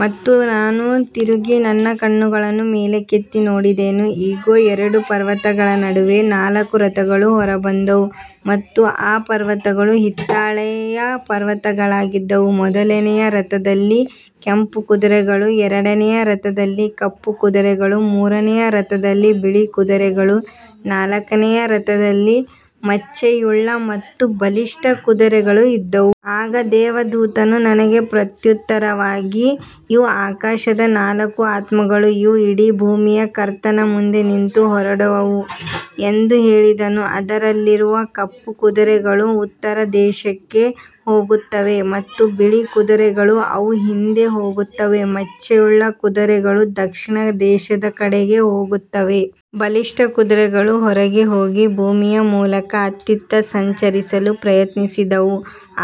ಮತ್ತು ನಾನು ತಿರುಗಿ ನನ್ನ ಕಣ್ಣುಗಳನ್ನು ಮೇಲಕ್ಕೆತ್ತಿ ನೋಡಿದೆನು. ಇಗೋ, ಎರಡು ಪರ್ವತಗಳ ನಡುವೆ ನಾಲ್ಕು ರಥಗಳು ಹೊರಬಂದವು ಮತ್ತು ಆ ಪರ್ವತಗಳು ಹಿತ್ತಾಳೆಯ ಪರ್ವತಗಳಾಗಿದ್ದವು. ಮೊದಲನೆಯ ರಥದಲ್ಲಿ ಕೆಂಪು ಕುದುರೆಗಳೂ, ಎರಡನೆಯ ರಥದಲ್ಲಿ ಕಪ್ಪು ಕುದುರೆಗಳೂ, ಮೂರನೆಯ ರಥದಲ್ಲಿ ಬಿಳಿ ಕುದುರೆಗಳೂ, ನಾಲ್ಕನೆಯ ರಥದಲ್ಲಿ ಮಚ್ಚೆಯುಳ್ಳ ಮತ್ತು ಬಲಿಷ್ಠ ಕುದುರೆಗಳೂ ಇದ್ದವು. ಆಗ ದೇವದೂತನು ನನಗೆ ಪ್ರತ್ಯುತ್ತರವಾಗಿ, ಇವು ಆಕಾಶದ ನಾಲ್ಕು ಆತ್ಮಗಳು, ಇವು ಇಡೀ ಭೂಮಿಯ ಕರ್ತನ ಮುಂದೆ ನಿಂತು ಹೊರಡುವವು ಎಂದು ಹೇಳಿದನು. ಅದರಲ್ಲಿರುವ ಕಪ್ಪು ಕುದುರೆಗಳು ಉತ್ತರ ದೇಶಕ್ಕೆ ಹೋಗುತ್ತವೆ ಮತ್ತು ಬಿಳಿ ಕುದುರೆಗಳು ಅವುಗಳ ಹಿಂದೆ ಹೋಗುತ್ತವೆ. ಮಚ್ಚೆಯುಳ್ಳ ಕುದುರೆಗಳು ದಕ್ಷಿಣ ದೇಶದ ಕಡೆಗೆ ಹೋಗುತ್ತವೆ. ಬಲಿಷ್ಠ ಕುದುರೆಗಳು ಹೊರಗೆ ಹೋಗಿ ಭೂಮಿಯ ಮೂಲಕ ಅತ್ತಿತ್ತ ಸಂಚರಿಸಲು ಪ್ರಯತ್ನಿಸಿದವು.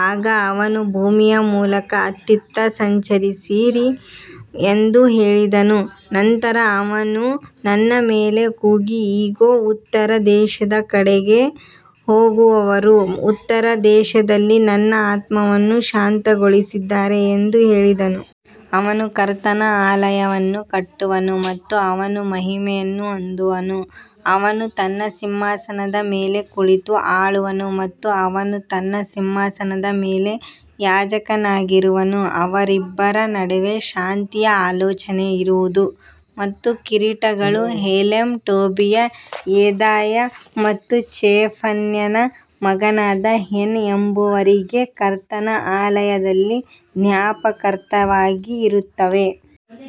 ಆಗ ಅವನು, ಭೂಮಿಯ ಮೂಲಕ ಅತ್ತಿತ್ತ ಸಂಚರಿಸಿರಿ ಎಂದು ಹೇಳಿದನು. ನಂತರ ಅವನು ನನ್ನ ಮೇಲೆ ಕೂಗಿ, ಇಗೋ, ಉತ್ತರ ದೇಶದ ಕಡೆಗೆ ಹೋಗುವವರು ಉತ್ತರ ದೇಶದಲ್ಲಿ ನನ್ನ ಆತ್ಮವನ್ನು ಶಾಂತಗೊಳಿಸಿದ್ದಾರೆ ಎಂದು ಹೇಳಿದನು. ಅವನು ಕರ್ತನ ಆಲಯವನ್ನು ಕಟ್ಟುವನು ಮತ್ತು ಅವನು ಮಹಿಮೆಯನ್ನು ಹೊಂದುವನು. ಅವನು ತನ್ನ ಸಿಂಹಾಸನದ ಮೇಲೆ ಕುಳಿತು ಆಳುವನು ಮತ್ತು ಅವನು ತನ್ನ ಸಿಂಹಾಸನದ ಮೇಲೆ ಯಾಜಕನಾಗಿರುವನು. ಅವರಿಬ್ಬರ ನಡುವೆ ಶಾಂತಿಯ ಆಲೋಚನೆ ಇರುವುದು. ಮತ್ತು ಕಿರೀಟಗಳು ಹೆಲೆಮ್, ಟೋಬೀಯ, ಯೆದಾಯ ಮತ್ತು ಚೆಫನ್ಯನ ಮಗನಾದ ಹೆನ್ ಎಂಬುವರಿಗೆ ಕರ್ತನ ಆಲಯದಲ್ಲಿ ಜ್ಞಾಪಕಾರ್ಥವಾಗಿ ಇರುತ್ತವೆ.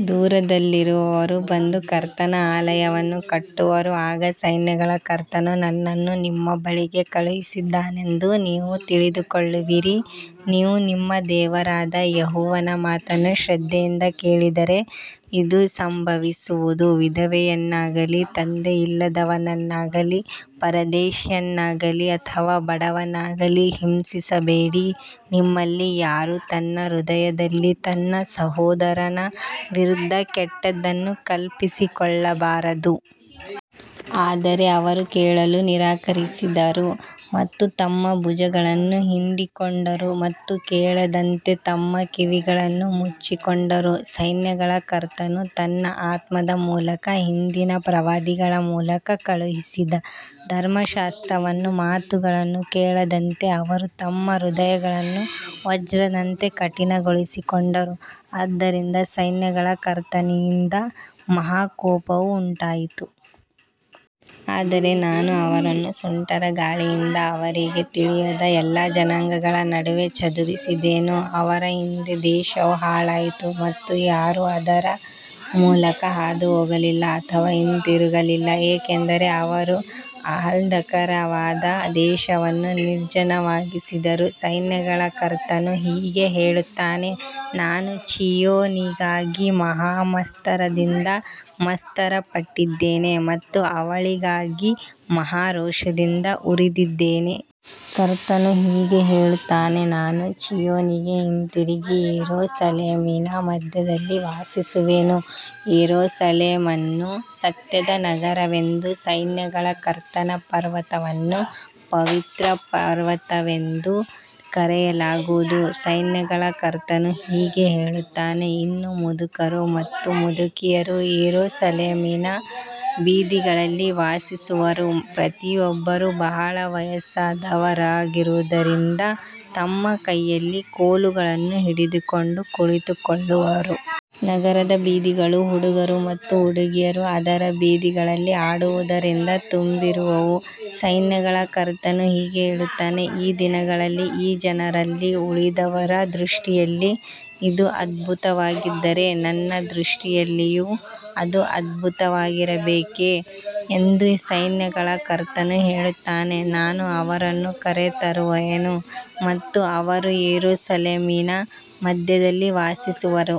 ದೂರದಲ್ಲಿರುವವರು ಬಂದು ಕರ್ತನ ಆಲಯವನ್ನು ಕಟ್ಟುವರು. ಆಗ ಸೈನ್ಯಗಳ ಕರ್ತನು ನನ್ನನ್ನು ನಿಮ್ಮ ಬಳಿಗೆ ಕಳುಹಿಸಿದ್ದಾನೆಂದು ನೀವು ತಿಳಿದುಕೊಳ್ಳುವಿರಿ. ನೀವು ನಿಮ್ಮ ದೇವರಾದ ಯೆಹೋವನ ಮಾತನ್ನು ಶ್ರದ್ಧೆಯಿಂದ ಕೇಳಿದರೆ ಇದು ಸಂಭವಿಸುವುದು. ವಿಧವೆಯನ್ನಾಗಲಿ, ತಂದೆಯಿಲ್ಲದವನನ್ನಾಗಲಿ, ಪರದೇಶಿಯನ್ನಾಗಲಿ ಅಥವಾ ಬಡವನನ್ನಾಗಲಿ ಹಿಂಸಿಸಬೇಡಿ. ನಿಮ್ಮಲ್ಲಿ ಯಾರೂ ತನ್ನ ಹೃದಯದಲ್ಲಿ ತನ್ನ ಸಹೋದರನ ವಿರುದ್ಧ ಕೆಟ್ಟದ್ದನ್ನು ಕಲ್ಪಿಸಿಕೊಳ್ಳಬಾರದು. ಆದರೆ ಅವರು ಕೇಳಲು ನಿರಾಕರಿಸಿದರು ಮತ್ತು ತಮ್ಮ ಭುಜಗಳನ್ನು ಹಿಂಡಿಕೊಂಡರು ಮತ್ತು ಕೇಳದಂತೆ ತಮ್ಮ ಕಿವಿಗಳನ್ನು ಮುಚ್ಚಿಕೊಂಡರು. ಸೈನ್ಯಗಳ ಕರ್ತನು ತನ್ನ ಆತ್ಮದ ಮೂಲಕ ಹಿಂದಿನ ಪ್ರವಾದಿಗಳ ಮೂಲಕ ಕಳುಹಿಸಿದ ಧರ್ಮಶಾಸ್ತ್ರವನ್ನೂ ಮಾತುಗಳನ್ನೂ ಕೇಳದಂತೆ ಅವರು ತಮ್ಮ ಹೃದಯಗಳನ್ನು ವಜ್ರದಂತೆ ಕಠಿಣಗೊಳಿಸಿಕೊಂಡರು. ಆದ್ದರಿಂದ ಸೈನ್ಯಗಳ ಕರ್ತನಿಂದ ಮಹಾ ಕೋಪವು ಉಂಟಾಯಿತು. ಆದರೆ ನಾನು ಅವರನ್ನು ಸುಂಟರಗಾಳಿಯಿಂದ ಅವರಿಗೆ ತಿಳಿಯದ ಎಲ್ಲಾ ಜನಾಂಗಗಳ ನಡುವೆ ಚದುರಿಸಿದೆನು. ಅವರ ಹಿಂದೆ ದೇಶವು ಹಾಳಾಯಿತು ಮತ್ತು ಯಾರೂ ಅದರ ಮೂಲಕ ಹಾದುಹೋಗಲಿಲ್ಲ ಅಥವಾ ಹಿಂದಿರುಗಲಿಲ್ಲ. ಏಕೆಂದರೆ ಅವರು ಆಹ್ಲಾದಕರವಾದ ದೇಶವನ್ನು ನಿರ್ಜನವಾಗಿಸಿದರು. ಸೈನ್ಯಗಳ ಕರ್ತನು ಹೀಗೆ ಹೇಳುತ್ತಾನೆ, ನಾನು ಚೀಯೋನಿಗಾಗಿ ಮಹಾ ಮತ್ಸರದಿಂದ ಮತ್ಸರಪಟ್ಟಿದ್ದೇನೆ ಮತ್ತು ಅವಳಿಗಾಗಿ ಮಹಾ ರೋಷದಿಂದ ಉರಿದಿದ್ದೇನೆ. ಕರ್ತನು ಹೀಗೆ ಹೇಳುತ್ತಾನೆ, ನಾನು ಚೀಯೋನಿಗೆ ಹಿಂದಿರುಗಿ ಯೆರೂಸಲೇಮಿನ ಮಧ್ಯದಲ್ಲಿ ವಾಸಿಸುವೆನು. ಯೆರೂಸಲೇಮನ್ನು ಸತ್ಯದ ನಗರವೆಂದೂ ಸೈನ್ಯಗಳ ಕರ್ತನ ಪರ್ವತವನ್ನು ಪವಿತ್ರ ಪರ್ವತವೆಂದೂ ಕರೆಯಲಾಗುವುದು. ಸೈನ್ಯಗಳ ಕರ್ತನು ಹೀಗೆ ಹೇಳುತ್ತಾನೆ, ಇನ್ನೂ ಮುದುಕರು ಮತ್ತು ಮುದುಕಿಯರು ಯೆರೂಸಲೇಮಿನ ಬೀದಿಗಳಲ್ಲಿ ವಾಸಿಸುವರು. ಪ್ರತಿಯೊಬ್ಬರೂ ಬಹಳ ವಯಸ್ಸಾದವರಾಗಿರುವುದರಿಂದ ತಮ್ಮ ಕೈಯಲ್ಲಿ ಕೋಲುಗಳನ್ನು ಹಿಡಿದುಕೊಂಡು ಕುಳಿತುಕೊಳ್ಳುವರು. ನಗರದ ಬೀದಿಗಳು ಹುಡುಗರು ಮತ್ತು ಹುಡುಗಿಯರು ಅದರ ಬೀದಿಗಳಲ್ಲಿ ಆಡುವುದರಿಂದ ತುಂಬಿರುವವು. ಸೈನ್ಯಗಳ ಕರ್ತನು ಹೀಗೆ ಹೇಳುತ್ತಾನೆ, ಈ ದಿನಗಳಲ್ಲಿ ಈ ಜನರಲ್ಲಿ ಉಳಿದವರ ದೃಷ್ಟಿಯಲ್ಲಿ ಇದು ಅದ್ಭುತವಾಗಿದ್ದರೆ, ನನ್ನ ದೃಷ್ಟಿಯಲ್ಲಿಯೂ ಅದು ಅದ್ಭುತವಾಗಿರಬೇಕೇ ಎಂದು ಸೈನ್ಯಗಳ ಕರ್ತನು ಹೇಳುತ್ತಾನೆ. ನಾನು ಅವರನ್ನು ಕರೆತರುವೆನು ಮತ್ತು ಅವರು ಯೆರೂಸಲೇಮಿನ ಮಧ್ಯದಲ್ಲಿ ವಾಸಿಸುವರು.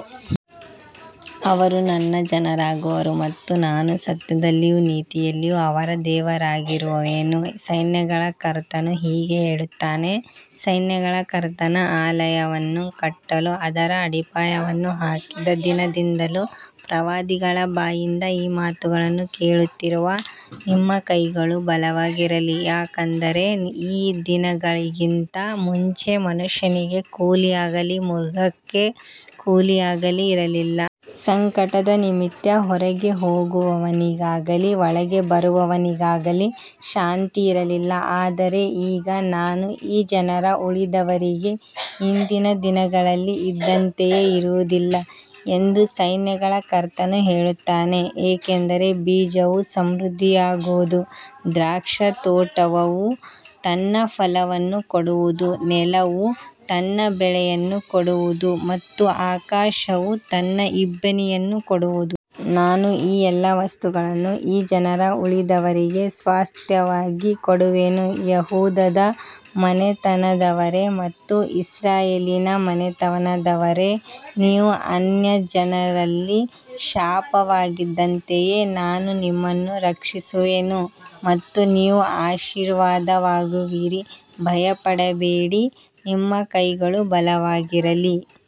ಅವರು ನನ್ನ ಜನರಾಗುವರು ಮತ್ತು ನಾನು ಸತ್ಯದಲ್ಲಿಯೂ ನೀತಿಯಲ್ಲಿಯೂ ಅವರ ದೇವರಾಗಿರುವೆನು. ಸೈನ್ಯಗಳ ಕರ್ತನು ಹೀಗೆ ಹೇಳುತ್ತಾನೆ, ಸೈನ್ಯಗಳ ಕರ್ತನ ಆಲಯವನ್ನು ಕಟ್ಟಲು ಅದರ ಅಡಿಪಾಯವನ್ನು ಹಾಕಿದ ದಿನದಿಂದಲೂ ಪ್ರವಾದಿಗಳ ಬಾಯಿಂದ ಈ ಮಾತುಗಳನ್ನು ಕೇಳುತ್ತಿರುವ ನಿಮ್ಮ ಕೈಗಳು ಬಲವಾಗಿರಲಿ. ಯಾಕಂದರೆ ಈ ದಿನಗಳಿಗಿಂತ ಮುಂಚೆ ಮನುಷ್ಯನಿಗೆ ಕೂಲಿಯಾಗಲಿ, ಮೃಗಕ್ಕೆ ಕೂಲಿಯಾಗಲಿ ಇರಲಿಲ್ಲ. ಸಂಕಟದ ನಿಮಿತ್ತ ಹೊರಗೆ ಹೋಗುವವನಿಗಾಗಲಿ ಒಳಗೆ ಬರುವವನಿಗಾಗಲಿ ಶಾಂತಿ ಇರಲಿಲ್ಲ. ಆದರೆ ಈಗ ನಾನು ಈ ಜನರ ಉಳಿದವರಿಗೆ ಹಿಂದಿನ ದಿನಗಳಲ್ಲಿ ಇದ್ದಂತೆಯೇ ಇರುವುದಿಲ್ಲ ಎಂದು ಸೈನ್ಯಗಳ ಕರ್ತನು ಹೇಳುತ್ತಾನೆ. ಏಕೆಂದರೆ ಬೀಜವು ಸಮೃದ್ಧಿಯಾಗುವುದು, ದ್ರಾಕ್ಷಿತೋಟವು ತನ್ನ ಫಲವನ್ನು ಕೊಡುವುದು, ನೆಲವು ತನ್ನ ಬೆಳೆಯನ್ನು ಕೊಡುವುದು ಮತ್ತು ಆಕಾಶವು ತನ್ನ ಇಬ್ಬನಿಯನ್ನು ಕೊಡುವುದು. ನಾನು ಈ ಎಲ್ಲಾ ವಸ್ತುಗಳನ್ನು ಈ ಜನರ ಉಳಿದವರಿಗೆ ಸ್ವಾಸ್ತ್ಯವಾಗಿ ಕೊಡುವೆನು. ಯೆಹೂದದ ಮನೆತನದವರೇ ಮತ್ತು ಇಸ್ರಾಯೇಲಿನ ಮನೆತನದವರೇ, ನೀವು ಅನ್ಯಜನರಲ್ಲಿ ಶಾಪವಾಗಿದ್ದಂತೆಯೇ ನಾನು ನಿಮ್ಮನ್ನು ರಕ್ಷಿಸುವೆನು ಮತ್ತು ನೀವು ಆಶೀರ್ವಾದವಾಗುವಿರಿ. ಭಯಪಡಬೇಡಿ, ನಿಮ್ಮ ಕೈಗಳು ಬಲವಾಗಿರಲಿ.